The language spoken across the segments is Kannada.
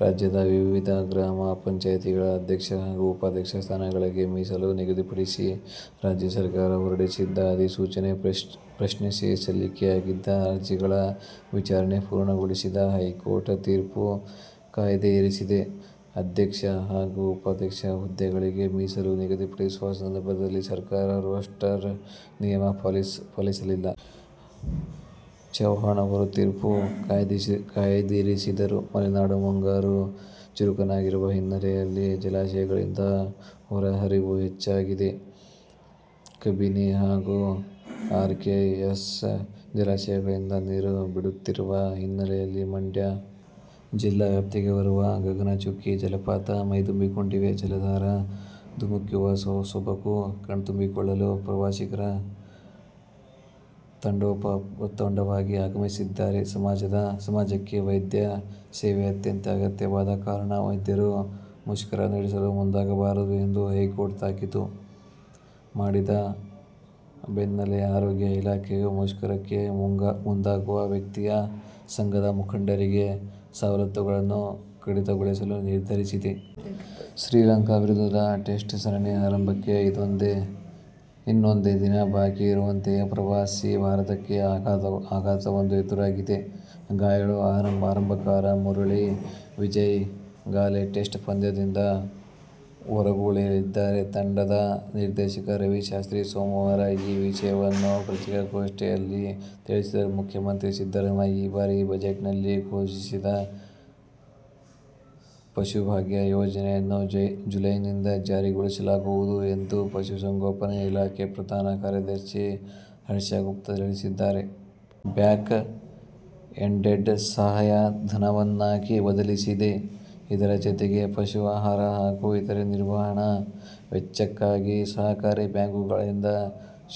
ರಾಜ್ಯದ ವಿವಿಧ ಗ್ರಾಮ ಪಂಚಾಯ್ತಿಗಳ ಅಧ್ಯಕ್ಷ ಹಾಗೂ ಉಪಾಧ್ಯಕ್ಷ ಸ್ಥಾನಗಳಿಗೆ ಮೀಸಲು ನಿಗದಿಪಡಿಸಿ ರಾಜ್ಯ ಸರ್ಕಾರ ಹೊರಡಿಸಿದ್ದ ಅಧಿಸೂಚನೆ ಪ್ರಶ್ನಿಸಿ ಸಲ್ಲಿಕೆಯಾಗಿದ್ದ ಅರ್ಜಿಗಳ ವಿಚಾರಣೆ ಪೂರ್ಣಗೊಳಿಸಿದ ಹೈಕೋರ್ಟ್ ತೀರ್ಪು ಕಾಯ್ದಿರಿಸಿದೆ. ಅಧ್ಯಕ್ಷ ಹಾಗೂ ಉಪಾಧ್ಯಕ್ಷ ಹುದ್ದೆಗಳಿಗೆ ಮೀಸಲು ನಿಗದಿಪಡಿಸುವ ಸಂದರ್ಭದಲ್ಲಿ ಸರ್ಕಾರ ರೋಸ್ಟರ್ ನಿಯಮ ಪಾಲಿಸಿಲ್ಲ. ಚೌಹಾಣ್ ಅವರು ತೀರ್ಪು ಕಾಯ್ದಿರಿಸಿದರು. ಮಲೆನಾಡಲ್ಲಿ ಮುಂಗಾರು ಚುರುಕಾಗಿರುವ ಹಿನ್ನೆಲೆಯಲ್ಲಿ ಜಲಾಶಯಗಳಿಂದ ಹೊರಹರಿವು ಹೆಚ್ಚಾಗಿದೆ. ಕಬಿನಿ ಹಾಗೂ ಕೆಆರ್ಎಸ್ ಜಲಾಶಯಗಳಿಂದ ನೀರು ಬಿಡುತ್ತಿರುವ ಹಿನ್ನೆಲೆಯಲ್ಲಿ ಮಂಡ್ಯ ಜಿಲ್ಲಾ ವ್ಯಾಪ್ತಿಗೆ ಬರುವ ಗಗನಚುಕ್ಕಿ ಜಲಪಾತ ಮೈದುಂಬಿಕೊಂಡಿವೆ. ಜಲಧಾರೆ ಧುಮ್ಮಿಕ್ಕುವ ಸೊಬಗು ಕಣ್ತುಂಬಿಕೊಳ್ಳಲು ಪ್ರವಾಸಿಗರು ತಂಡೋಪತಂಡವಾಗಿ ಆಗಮಿಸುತ್ತಿದ್ದಾರೆ. ಸಮಾಜಕ್ಕೆ ವೈದ್ಯ ಸೇವೆ ಅತ್ಯಂತ ಅಗತ್ಯವಾದ ಕಾರಣ ವೈದ್ಯರು ಮುಷ್ಕರ ನಡೆಸಲು ಮುಂದಾಗಬಾರದು ಎಂದು ಹೈಕೋರ್ಟ್ ತಾಕೀತು ಮಾಡಿದ ಬೆನ್ನಲ್ಲೇ ಆರೋಗ್ಯ ಇಲಾಖೆಯು ಮುಷ್ಕರಕ್ಕೆ ಮುಂದಾಗುವ ವೈದ್ಯಕೀಯ ಸಂಘದ ಮುಖಂಡರಿಗೆ ಸವಲತ್ತುಗಳನ್ನು ಕಡಿತಗೊಳಿಸಲು ನಿರ್ಧರಿಸಿದೆ. ಶ್ರೀಲಂಕಾ ವಿರುದ್ಧದ ಟೆಸ್ಟ್ ಸರಣಿಯ ಆರಂಭಕ್ಕೆ ಇನ್ನೊಂದೇ ದಿನ ಬಾಕಿ ಇರುವಂತೆಯೇ ಪ್ರವಾಸಿ ಭಾರತಕ್ಕೆ ಆಘಾತವೊಂದು ಎದುರಾಗಿದೆ. ಗಾಯಾಳು ಆರಂಭಕಾರ ಮುರಳಿ ವಿಜಯ್ ಗಾಲೆ ಟೆಸ್ಟ್ ಪಂದ್ಯದಿಂದ ಹೊರಗುಳಿಯಲಿದ್ದಾರೆ. ತಂಡದ ನಿರ್ದೇಶಕ ರವಿ ಶಾಸ್ತ್ರಿ ಸೋಮವಾರ ಈ ವಿಷಯವನ್ನು ಪತ್ರಿಕಾಗೋಷ್ಠಿಯಲ್ಲಿ ತಿಳಿಸಿದರು. ಮುಖ್ಯಮಂತ್ರಿ ಸಿದ್ದರಾಮಯ್ಯ ಈ ಬಾರಿಯ ಬಜೆಟ್ನಲ್ಲಿ ಘೋಷಿಸಿದ್ದ ಪಶುಭಾಗ್ಯ ಯೋಜನೆಯನ್ನು ಜುಲೈನಿಂದ ಜಾರಿಗೊಳಿಸಲಾಗುವುದು ಎಂದು ಪಶುಸಂಗೋಪನೆ ಇಲಾಖೆ ಪ್ರಧಾನ ಕಾರ್ಯದರ್ಶಿ ಹರ್ಷಗುಪ್ತಾ ತಿಳಿಸಿದ್ದಾರೆ. ಬ್ಯಾಕ್ಎಂಡೆಡ್ ಸಹಾಯಧನವನ್ನಾಗಿ ಬದಲಾಯಿಸಿದೆ. ಇದರ ಜೊತೆಗೆ ಪಶು ಆಹಾರ ಹಾಗೂ ಇತರೆ ನಿರ್ವಹಣೆ ವೆಚ್ಚಕ್ಕಾಗಿ ಸಹಕಾರಿ ಬ್ಯಾಂಕುಗಳಿಂದ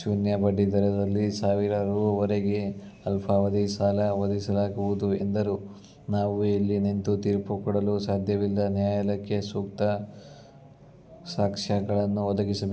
ಶೂನ್ಯ ಬಡ್ಡಿ ದರದಲ್ಲಿ ಸಾವಿರ ರೂ. ವರೆಗೆ ಅಲ್ಪಾವಧಿ ಸಾಲ ಒದಗಿಸಲಾಗುವುದು ಎಂದರು. 'ನಾವು ಇಲ್ಲಿ ನಿಂತು ತೀರ್ಪು ಕೊಡಲು ಸಾಧ್ಯವಿಲ್ಲ. ನ್ಯಾಯಾಲಯಕ್ಕೆ ಸೂಕ್ತ ಸಾಕ್ಷ್ಯಗಳನ್ನು ಒದಗಿಸಬೇಕು.